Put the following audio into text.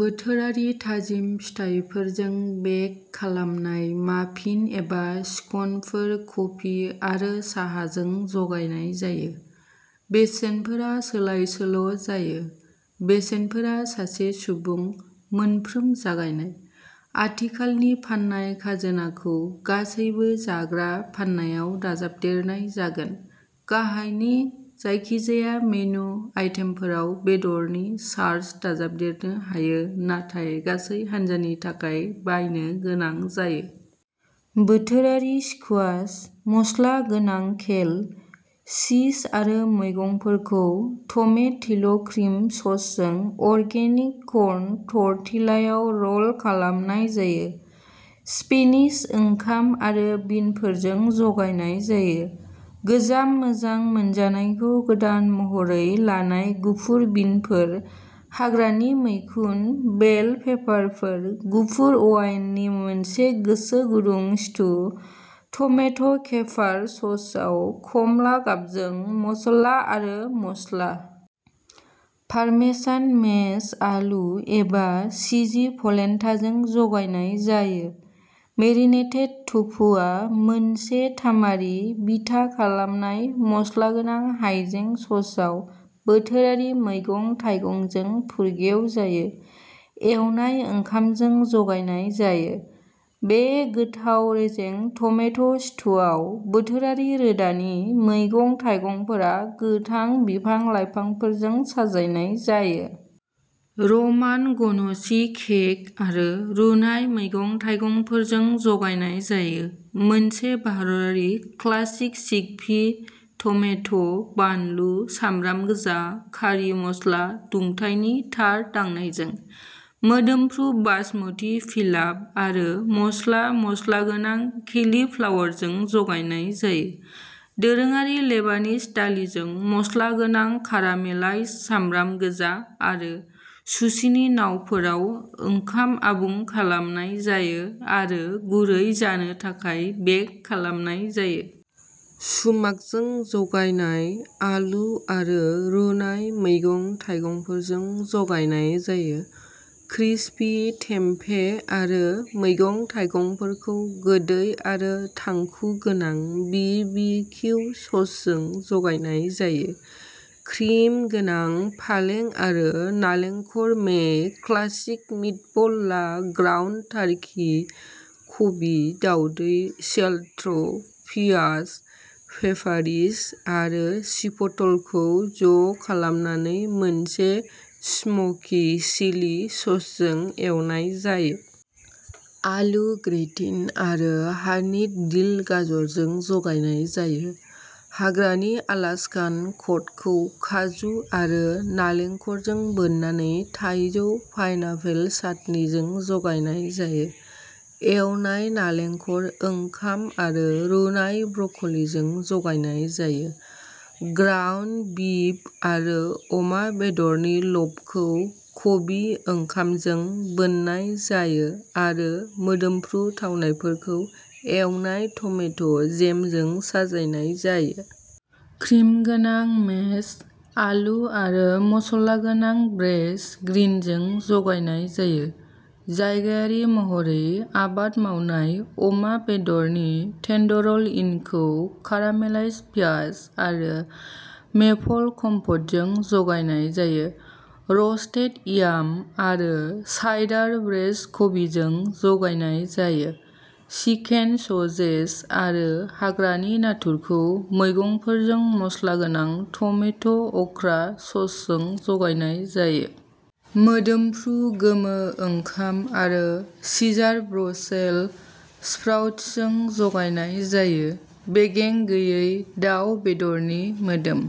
बोथोरारि थाजिम फिथाइफोरजों बेक खालामनाय माफिन एबा स्कनफोर कफि आरो साहाजों जगायनाय जायो। बेसेनफोरा सोलायसोल'जायो। बेसेनफोरा सासे सुबुं, मोनफ्रोम जागायनाय। आथिखालनि फाननाय खाजोनाखौ गासैबो जाग्रा फाननायाव दाजाबदेरनाय जागोन। गाहायनि जायखिजाया मेनु आइटेमफोराव बेदरनि चार्ज दाजाबदेरनो हायो नाथाय गासै हान्जानि थाखाय बायनो गोनां जायो। बोथोरारि स्कुवाश, मस्ला गोनां केल, चीज आरो मैगंफोरखौ टमेटिल'क्रिम ससजों अर्गेनिक कर्न टर्टिलायाव र'ल्ड खालामनाय जायो। स्पेनिश ओंखाम आरो बिनफोरजों जगायनाय जायो। गोजाम मोजां मोनजानायखौ गोदान महरै लानाय गुफुर बिनफोर, हाग्रानि मैखुन, बेल पेपारफोर, गुफुर अवाइननि मोनसे गोसो गुदुं स्टु, टमेट' केपार ससआव खमला गाबजों मसला आरो मस्ला। पारमेसान मेश आलु एबा चिजि प'लेन्टाजों जगायनाय जायो। मेरिनेटेड टफुआ मोनसे तामारि बिथा खालामनाय मस्लागोनां हायजें ससआव बोथोरारि मैगं-थाइगंजों फुरगेव जायो। एवनाय ओंखामजों जगायनाय जायो। बे गोथाव रेजें टमेट'स्टुआव बोथोरारि रोदानि मैगं-थाइगंफोरा गोथां बिफां-लाइफांफोरजों साजायनाय जायो। रमान गन'चि केक आरो रुनाय मैगं-थाइगंफोरजों जगायनाय जायो। मोनसे भारतारि क्लासिक चिकपि, टमेट', बानलु, सामब्राम गोजा, कारि मस्ला, दुंथायनि थार दांनायजों! मोदोमफ्रु बासमती पिलाफ आरो मस्ला मस्लागोनां केलिफ्लावरजों जगायनाय जायो। दोरोङारि लेबानिज दालिजों मस्लागोनां कारामेलाइज्ड सामब्राम गोजा, आरो सुचिनी नावफोराव ओंखाम आबुं खालामनाय जायो आरो गुरै जानो थाखाय बेक खालामनाय जायो। सुमाकजों जगायनाय आलु आरो रुनाय मैगं-थाइगंफोरजों जगायनाय जायो। क्रिस्पि टेम्पे आरो मैगं-थाइगंफोरखौ गोदै आरो थांखु गोनां बि बि किउ ससजों जगायनाय जायो। क्रिम गोनां पालें आरो नालेंखर मे क्लासिक मिटबल ला ग्राउन्ड टार्कि, कबि, दाउदै, सिलट्र', पियाज, पेपारिस आरो चिपटलखौ ज' खालामनानै मोनसे स्मकि चिलि ससजों एवनाय जायो। आलु ग्रेटिन आरो हानिड डिल गाजरजों जगायनाय जायो। हाग्रानि आलास्कान कडखौ काजु आरो नालेंखरजों बोननानै थाइजौ पाइनएपल चाटनिजों जगायनाय जायो। एवनाय नालेंखर ओंखाम आरो रुनाय ब्रकलिजों जगायनाय जायो। ग्राउन्ड बिफ आरो अमा बेदरनि ल'फखौ "कबि ओंखाम" जों बोननाय जायो आरो मोदोमफ्रु थावनायफोरखौ एवनाय टमेट' जेमजों साजायनाय जायो। क्रिम गोनां मेश आलु आरो मसलागोनां ब्रेइज्ड ग्रिनजों जगायनाय जायो। जायगायारि महरै आबाद मावनाय अमा बेदरनि टेन्डरलइनखौ कारामेलाइज्ड पियाज आरो मेपल कम्प'टजों जगायनाय जायो। रस्टेड याम आरो साइडार ब्रेइज्ड कबिजों जगायनाय जायो। चिकेन ससेज आरो हाग्रानि नाथुरखौ मैगंफोरजों मस्लागोनां टमेट'- अकरा ससजों जगायनाय जायो। मोदोमफ्रु गोमो ओंखाम आरो सिजार ब्रसेल स्प्राउट्सजों जगायनाय जायो। बेगें गैयै दाउ बेदरनि मोदोम।